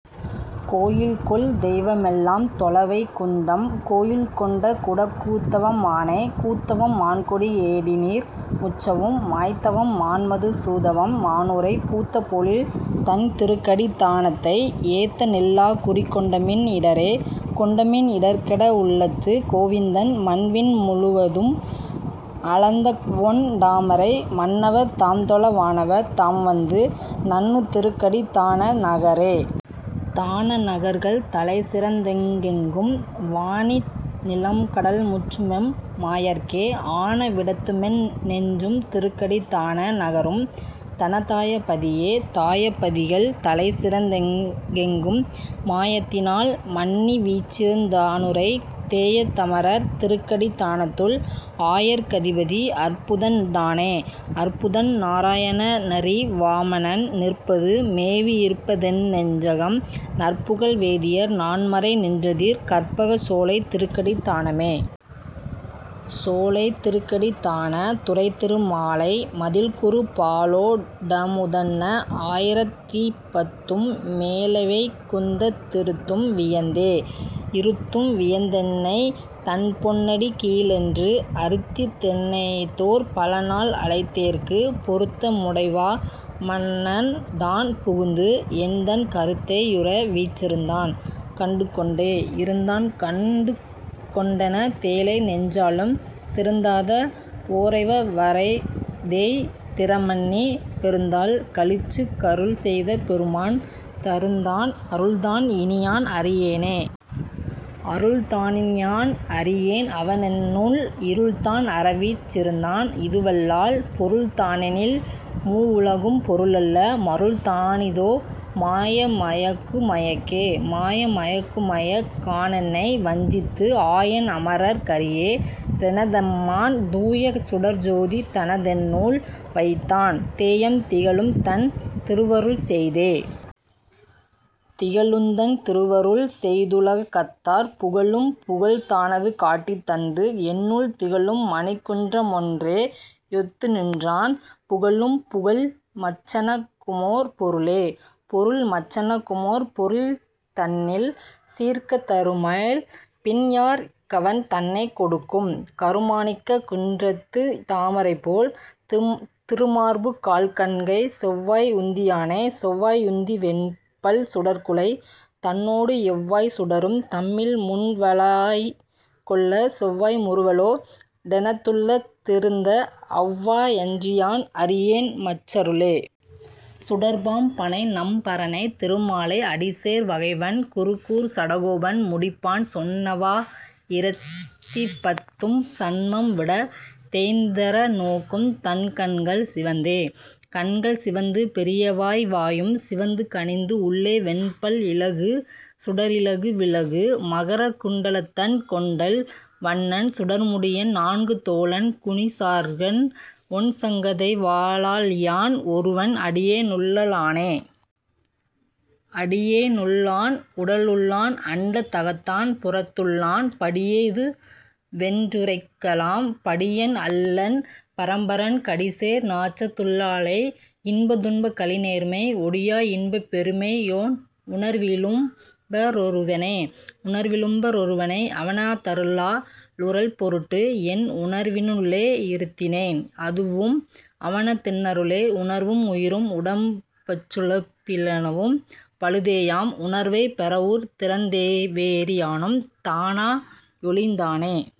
கோயில்கொள் தெய்வமெல் லாம்தொழ, வைகுந்தம் கோயில்கொண் டகுடக் கூத்தவம் மானே.. கூத்தவம் மான்கொடி யேனிடர் முற்றவும், மாய்த்தவம் மான்மது சூதவம் மானுறை, பூத்த பொழில்தண் திருக்கடித் தானத்தை, ஏத்தநில் லாகுறிக் கொண்டமின் இடரே.. கொண்டமின் இடர்கெட வுள்ளத்துக் கோவிந்தன், மண்விண் முழுவதும் அளந்தவொண் டாமரை, மண்ணவர் தாம்தொழ வானவர் தாம்வந்து, நண்ணு திருக்கடித் தான நகரே.. தான நகர்கள் தலைசிறந் தெங்கெங்கும், வானிந் நிலம்கடல் முற்றுமெம் மாயற்கே, ஆன விடத்துமென் நெஞ்சும் திருக்கடித் தான நகரும், தனதாயப் பதியே.. தாயப் பதிகள்தலைசிறந் தெங்கெங்கும், மாயத்தி னால்மன்னி வீற்றிருந் தானுறை, தேயத் தமரர் திருக்கடித் தானத்துள், ஆயர்க் கதிபதி அற்புதன் தானே.. அற்புதன் நாரா யணனரி வாமனன், நிற்பது மேவி யிருப்பதென் னெஞ்சகம், நற்புகழ் வேதியர் நான்மறை நின்றதிர், கற்பகச் சோலைத் திருக்கடித் தானமே. சோலை திருக்கடித் தானத் துறைதிரு மாலை, மதிள்குரு, பாலோ டமுதன்ன ஆயிரத் திப்பத்தும், மேலவை குந்தத் திருத்தும் வியந்தே. இருத்தும் வியந்தென்னைத் தன்பொன் னடிக்கீழென்று, அருத்தித் தெனைத்தோர் பலநாள் அழைத்தேற்கு, பொருத்த முடைவா மனன்தான் புகுந்து, என்தன் கருத்தை யுறவீற் றிருந்தான் கண்டுகொண்டே.. இருந்தான் கண்டுகொண் டெனதேழை நெஞ்சாளும், திருந்தாத வோரைவ ரைத்தேய்ந் திறமன்னி, பெருந்தாள் களிற்றுக் கருள்செய்த பெருமான், தருந்தான் அருள்தான் இனியான் அறியேனே.. அருள்தா னினியான் அறியேன் அவனென்னுள், இருள்தான் அறவீற் றிருந்தான் இதுவல்லால், பொருள்தா னெனில்மூ வுலகும் பொருளல்ல, மருள்தானீ தோ? மாய மயக்கு மயக்கே.. மாய மயக்குமயக் கானென்னை வஞ்சித்து, ஆயன் அமரர்க் கரியே றெனதம்மான், தூய சுடர்ச்சோதி தனதென்னுள் வைத்தான், தேயம் திகழும்தன் திருவருள் செய்தே.. திகழுந்தன் திருவருள் செய்துல கத்தார், புகழும் புகழ்தா னதுகாட்டித் தந்து, என்னுள் திகழும் மணிக்குன்ற மொன்றே யொத்துநின்றான், புகழும் புகழ்மற் றெனக்குமோர் பொருளே?. பொருள்மற் றெனக்குமோர் பொருள்தன்னில் சீர்க்கத் தருமேல், பின் யார்க்கவன் தன்னைக் கொடுக்கும்?, கருமா ணிக்கக் குன்றத்துத் தாமரைபோல், திருமார்பு கால்கண்கை செவ்வாய் உந்தியானே.. செவ்வாயுந்தி வெண்பல் சுடர்க்குழை, தன்னோடு எவ்வாய்ச் சுடரும் தம்மில்முன் வளாய்க்கொள்ள, செவ்வாய் முறுவலோ டெனதுள்ளத் திருந்த, அவ்வா யன்றியான் அறியேன்மற் றருளே.. சுடர்ப்பாம் பணைநம் பரனைத் திருமாலை, அடிச்சேர் வகைவண் குருகூர்ச் சடகோபன், முடிப்பான் சொன்னவா யிரத்திப்பத் தும்சன்மம் விட, தேய்ந் தறநோக்கும் தன்கண்கள் சிவந்தே. கண்கள் சிவந்து பெரியவாய் வாயும் சிவந்து கனிந்து, உள்ளே வெண்பல் இலகு சுடரிலகு விலகு மகர குண்டலத்தன், கொண்டல் வண்ணன் சுடர்முடியன் நான்கு தோளன் குனிசார்ங்கன், ஒண்சங் கதைவா ளாழியான் ஒருவன் அடியே னுள்ளானே.. அடியே னுள்ளான் உடலுள்ளான் அண்டத் தகத்தான் புறத்துள்ளான், படியே யிதுவென் றுரைக்கலாம், படியன் அல்லன் பரம்பரன், கடிசேர் நாற்றத் துள்ளாலை இன்பத் துன்பக் கழிநேர்மை, ஒடியா இன்பப் பெருமையோன் உணர்வி லும்ப ரொருவனே.. உணர்வி லும்ப ரொருவனை அவன தருளா லுறல்பொருட்டு, என் உணர்வி னுள்ளே யிருத்தினேன் அதுவும் அவன தின்னருளே, உணர்வும் உயிரும் உடம்பும்மற் றுலப்பி லனவும் பழுதேயாம், உணர்வைப் பெறவூர்ந் திறவேறி யானும் தானா யொழிந்தானே..